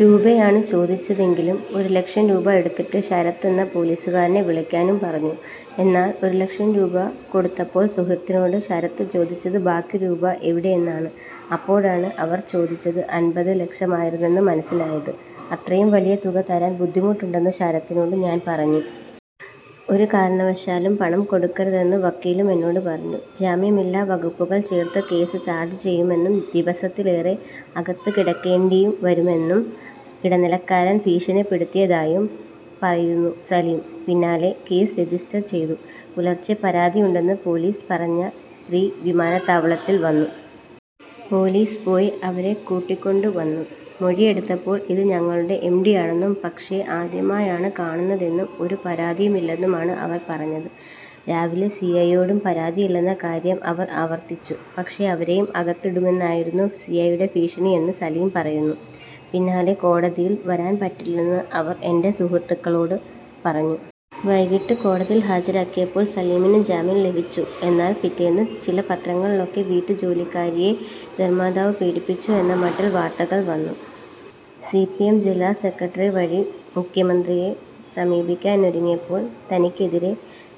രൂപയാണ് ചോദിച്ചതെങ്കിലും ഒരു ലക്ഷം രൂപ എടുത്തിട്ട് ശരത്ത് എന്ന പൊലീസുകാരനെ വിളിക്കാനും പറഞ്ഞു. എന്നാൽ ഒരു ലക്ഷം കൊടുത്തപ്പോൾ സുഹൃത്തിനോട് ശരത്ത് ചോദിച്ചത് ബാക്കി രൂപ എവിടെ എന്നാണ്. അപ്പോഴാണ് അവർ ചോദിച്ചത് അൻപത് ലക്ഷമായിരുന്നെന്ന് മനസിലായത്. അത്രയും വലിയ തുക തരാൻ ബുദ്ധിമുട്ടുണ്ടെന്ന് ശരത്തിനോട് ഞാൻ പറഞ്ഞു. ഒരു കാരണവശാലും പണം കൊടുക്കരുതെന്ന് വക്കീലും എന്നോട് പറഞ്ഞു. " ജാമ്യമില്ലാ വകുപ്പുകൾ ചേർത്ത് കേസ് ചാർജ്ജ് ചെയ്യുമെന്നും ദിവസത്തിലേറെ അകത്തുകിടക്കേണ്ടിയും വരുമെന്നും ഇടനിലക്കാരൻ ഭീഷണിപ്പെടുത്തിയതായും പറയുന്നു സലിം. " പിന്നാലെ കേസ് രജിസ്റ്റർ ചെയ്തു. പുലർച്ചെ പരാതിയുണ്ടെന്ന് പൊലീസ് പറഞ്ഞ സ്ത്രീ വിമാനത്താവളത്തിൽ വന്നു. പൊലീസ് പോയി അവരെ കൂട്ടിക്കൊണ്ടുവന്നു. മൊഴിയെടുത്തപ്പോൾ ഇത് ഞങ്ങളുടെ എംഡിയാണെന്നും പക്ഷേ ആദ്യമായാണ് കാണുന്നതെന്നും ഒരു പരാതിയും ഇല്ലെന്നുമാണ് അവർ പറഞ്ഞത്. രാവിലെ സിഐയോടും പരാതിയില്ലെന്ന കാര്യം അവർ ആവർത്തിച്ചു. " പക്ഷേ അവരെയും അകത്തിടുമെന്നായിരുന്നു സിഐയുടെ ഭീഷണിയെന്ന് സലിം പറയുന്നു. " പിന്നാലെ കോടതിയിൽ വരാൻപറ്റില്ലെന്ന് അവർ എൻറെ സുഹൃത്തുക്കളോട് പറഞ്ഞു. " വൈകിട്ട് കോടതിയിൽ ഹാജരാക്കിയപ്പോൾ സലിമിന് ജാമ്യം ലഭിച്ചു. എന്നാൽ പിറ്റേന്ന് ചില പത്രങ്ങളിലൊക്കെ ' വീട്ടുജോലിക്കാരിയെ നിർമ്മാതാവ് പീഡിപ്പിച്ചു ' എന്നമട്ടിൽ വാർത്തകൾ വന്നു. സിപിഎം ജില്ലാ സെക്രട്ടറി വഴി മുഖ്യമന്ത്രിയെ സമീപിക്കാനൊരുങ്ങിയപ്പോൾ തനിക്കെതിരേ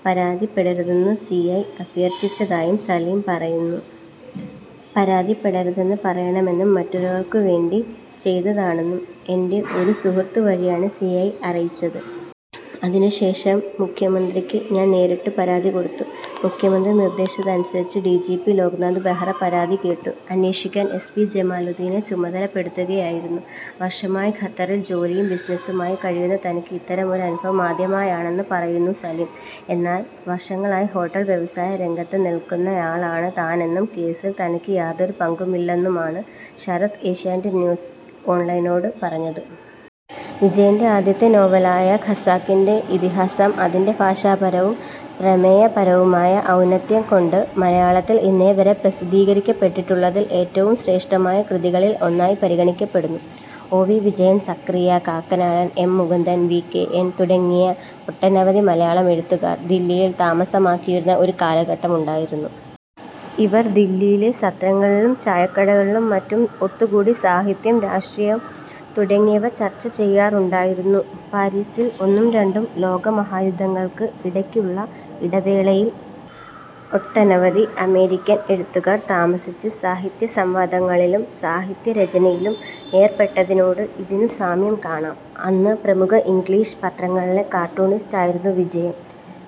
പരാതിപ്പെടരുതെന്ന് സിഐ അഭ്യർഥിച്ചതായും സലിം പറയുന്നു. " പരാതിപ്പെടരുതെന്ന് പറയണമെന്നും മറ്റൊരാൾക്കുവേണ്ടി ചെയ്തതാണെന്നും എൻറെ ഒരു സുഹൃത്ത് വഴിയാണ് സിഐ അറിയിച്ചത്. അതിനുശേഷം മുഖ്യമന്ത്രിക്ക് ഞാൻ നേരിട്ട് പരാതി കൊടുത്തു. മുഖ്യമന്ത്രി നിർദേശിച്ചതനുസരിച്ച് ഡിജിപി ലോക്നാഥ് ബെഹ്റ പരാതി കേട്ടു. അന്വേഷിക്കാൻ എസ് പി ജമാലുദ്ദീനെ ചുമതലപ്പെടുത്തുകയായിരുന്നു. " വർഷമായി ഖത്തറിൽ ജോലിയും ബിസിനസുമായി കഴിയുന്ന തനിക്ക് ഇത്തരമൊരു അനുഭവം ആദ്യമായാണെന്ന് പറയുന്നു സലിം. എന്നാൽ വർഷങ്ങളായി ഹോട്ടൽ വ്യവസായ രംഗത്ത് നിർക്കുന്നയാളാണ് താനെന്നും കേസിൽ തനിക്ക് യാതൊരു പങ്കുമില്ലെന്നുമാണ് ശരത്ത് ഏഷ്യാനെറ്റ് ന്യൂസ് ഓൺലൈനിനോട് പറഞ്ഞത്. വിജയന്റെ ആദ്യത്തെ നോവലായ ഖസാക്കിന്റെ ഇതിഹാസം അതിന്റെ ഭാഷാപരവും പ്രമേയപരവുമായ ഔന്നത്യം കൊണ്ട് മലയാളത്തിൽ ഇന്നേവരെ പ്രസിദ്ധീകരിക്കപ്പെട്ടിട്ടുള്ളതിൽ ഏറ്റവും ശ്രേഷ്ഠമായ കൃതികളിൽ ഒന്നായി പരിഗണിക്കപ്പെടുന്നു. O. V. Vijayan, Zacharia, Kakkanadan, M. Mukundan, V. K. N, തുടങ്ങിയ ഒട്ടനവധി മലയാളം എഴുത്തുകാർ ദില്ലിയിൽ താമസമാക്കിയിരുന്ന ഒരു കാലഘട്ടം ഉണ്ടായിരുന്നു. ഇവർ ദില്ലിയിലെ സത്രങ്ങളിലും ചായക്കടകളിലും മറ്റും ഒത്തുകൂടി സാഹിത്യം, രാഷ്ട്രീയം തുടങ്ങിയവ ചർച്ചചെയ്യാറുണ്ടായിരുന്നു. പാരീസിൽ ഒന്നും രണ്ടും ലോകമഹായുദ്ധങ്ങൾക്ക് ഇടക്കുള്ള ഇടവേളയിൽ ഒട്ടനവധി അമേരിക്കൻ എഴുത്തുകാർ താമസിച്ച് സാഹിത്യസംവാദങ്ങളിലും സാഹിത്യരചനയിലും ഏർപ്പെട്ടതിനോട് ഇതിനു സാമ്യം കാണാം.. അന്ന് പ്രമുഖ ഇംഗ്ലീഷ് പത്രങ്ങളിലെ കാർട്ടൂണിസ്റ്റ് ആയിരുന്നു വിജയൻ.